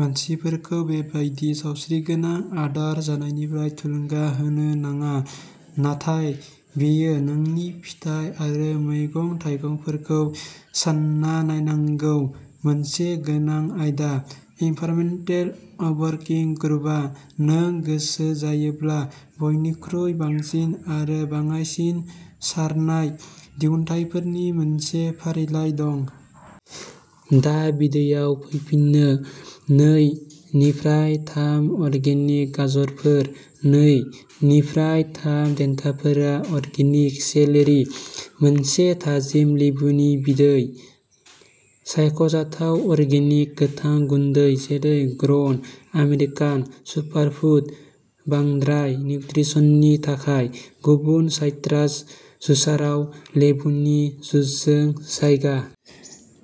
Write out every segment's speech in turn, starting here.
मानसिफोरखौ बेबादि सावस्रिगोनां आदार जानायनिफ्राय थुलुंगा होनो नाङा, नाथाय बेयो नोंनि फिथाइ आरो मैगं-थाइगंफोरखौ सानना नायनांगौ मोनसे गोनां आयदा। एनभाइरनमेन्टेल अवर्किं ग्रुपहा नों गोसो जायोब्ला बयनिख्रुइ बांसिन आरो बाङाइसिन सारनाय दिहुनथायफोरनि मोनसे फारिलाइ दं। दा बिदैयाव फैफिनो नै निफ्राय थाम अर्गेनिक गाजरफोर। नै निफ्राय थाम देन्थाफोरा अर्गेनिक सेलेरि। मोनसे थाजिम लेबुनि बिदै। सायख'जाथाव अर्गेनिक गोथां गुन्दै जेरै ग्र'न आमेरिकान सुपारफुड बांद्राय निउट्रिसननि थाखाय। गुबुन साइट्रास जुसाराव लेबुनि जुसजों जागाय।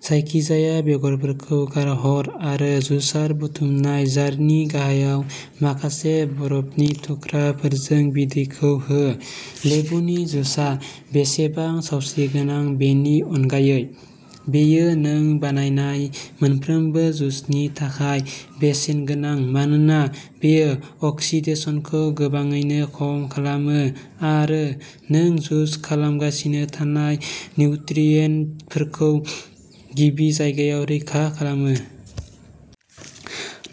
जायखिजाया बेगरफोरखौ गारहर आरो जुसार बुथुमनाय जारनि गाहायाव माखासे बरफनि थुख्राफोरजों बिदैखौ हो। लेबुनि जुसआ बेसेबां सावस्रिगोनां बेनि अनगायै, बेयो नों बानायनाय मोनफ्रोमबो जुसनि थाखाय बेसेनगोनां मानोना बेयो अक्सिडेसनखौ गोबाङैनो खम खालामो आरो नों जुस खालामगासिनो थानाय निउट्रियेन्टफोरखौ गिबि जायगायाव रैखा खालामो।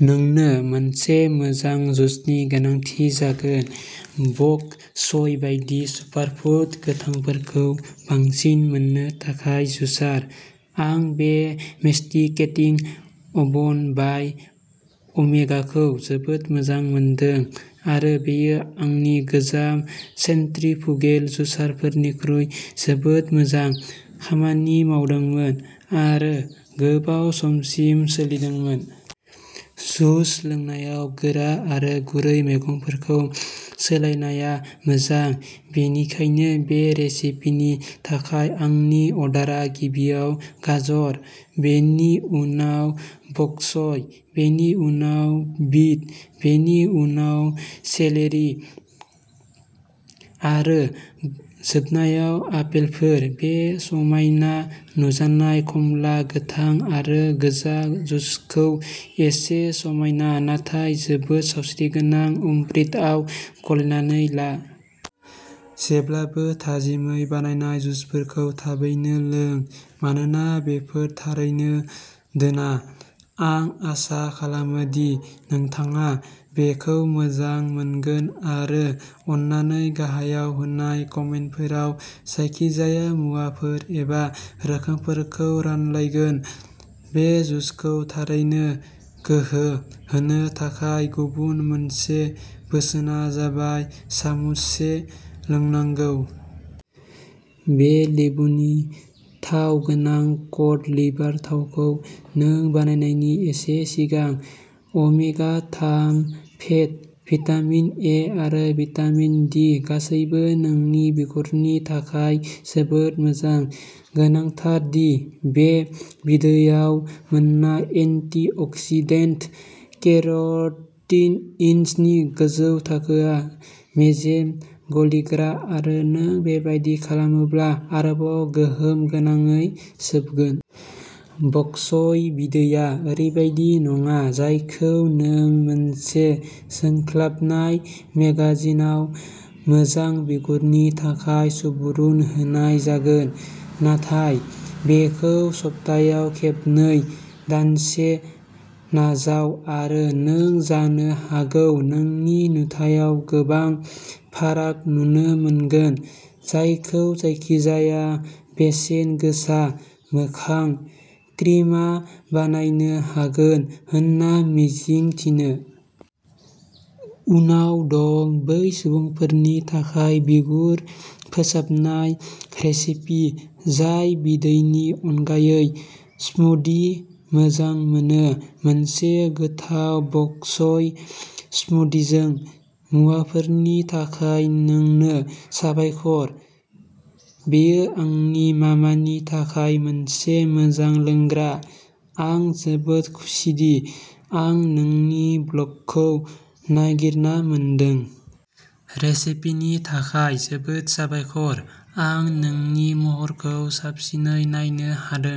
नोंनो मोनसे मोजां जुसनि गोनांथि जागोन। बक च'य बायदि सुपारफुड गोथांफोरखौ बांसिन मोननो थाखाय जुसार। आं बे मेस्टिकेटिं अवन बाइ अमेगाखौ जोबोद मोजां मोनदों आरो बेयो आंनि गोजाम सेन्ट्रिफुगेल जुसारफोरनिख्रुइ जोबोद मोजां खामानि मावदोंमोन आरो गोबाव समसिम सोलिदोंमोन। जुस लोंनायाव गोरा आरो गुरै मैगंफोरखौ सोलायनाया मोजां, बेनिखायनो बे रेसिपिनि थाखाय आंनि अर्डारआ गिबियाव गाजर, बेनि उनाव बक च'य, बेनि उनाव बिट, बेनि उनाव सेलेरि आरो जोबनायाव आपेलफोर। बे समायना नुजानाय खमला, गोथां आरो गोजा जुसखौ एसे समायना नाथाय जोबोद सावस्रिगोनां अमृतआव गलायनानै ला। जेब्लाबो थाजिमै बानायनाय जुसफोरखौ थाबैनो लों, मानोना बेफोर थारैनो दोना। आं आसा खालामो दि नोंथाङा बेखौ मोजां मोनगोन आरो अननानै गाहायाव होनाय कमेन्टफोराव जायखिजाया मुवाफोर एबा रोखोमफोरखौ रानलायगोन। बे जुसखौ थारैनो गोहो होनो थाखाय गुबुन मोनसे बोसोना जाबाय सामुससे लोंनांगौ। बे लेबुनि थाव गोनां कड लिभार थावखौ नों बानायनायनि एसे सिगां। अमेगा-थाम फेट, भिटामिन ए आरो भिटामिन डि गासैबो नोंनि बिगुरनि थाखाय जोबोद मोजां। गोनांथार दि, बे बिदैआव मोननाय एन्टि अक्सिडेन्ट केर'टिनइड्सनि गोजौ थाखोआ मेजेम गलिग्रा आरो नों बेबादि खालामोब्ला आरोबाव गोहोम गोनाङै सोबगोन। बक च'य बिदैया ओरैबायदि नङा जायखौ नों मोनसे जोंख्लाबनाय मेगाजिनआव मोजां बिगुरनि थाखाय सुबुरुन होनाय जागोन। नाथाय बेखौ सप्तायाव खेबनै दानसे नाजाव आरो नों जानो हागौ नोंनि नुथायाव गोबां फाराग नुनो मोनगोन जायखौ जायखिजाया बेसेन गोसा मोखां क्रिमआ बानायनो हागोन होनना मिजिं थिनो। उनाव दं बै सुबुंफोरनि थाखाय बिगुर फोसाबनाय रेसिपि जाय बिदैनि अनगायै स्मुदि मोजां मोनो मोनसे गोथाव बक च'य स्मुदिजों। मुवाफोरनि थाखाय नोंनो साबायखर, बेयो आंनि मामानि थाखाय मोनसे मोजां लोंग्रा। आं जोबोद खुसिदि आं नोंनि ब्लगखौ नागिरना मोनदों। रेसिपिनि थाखाय जोबोद साबायखर। आं नोंनि महरखौ साबसिनै नायनो हादों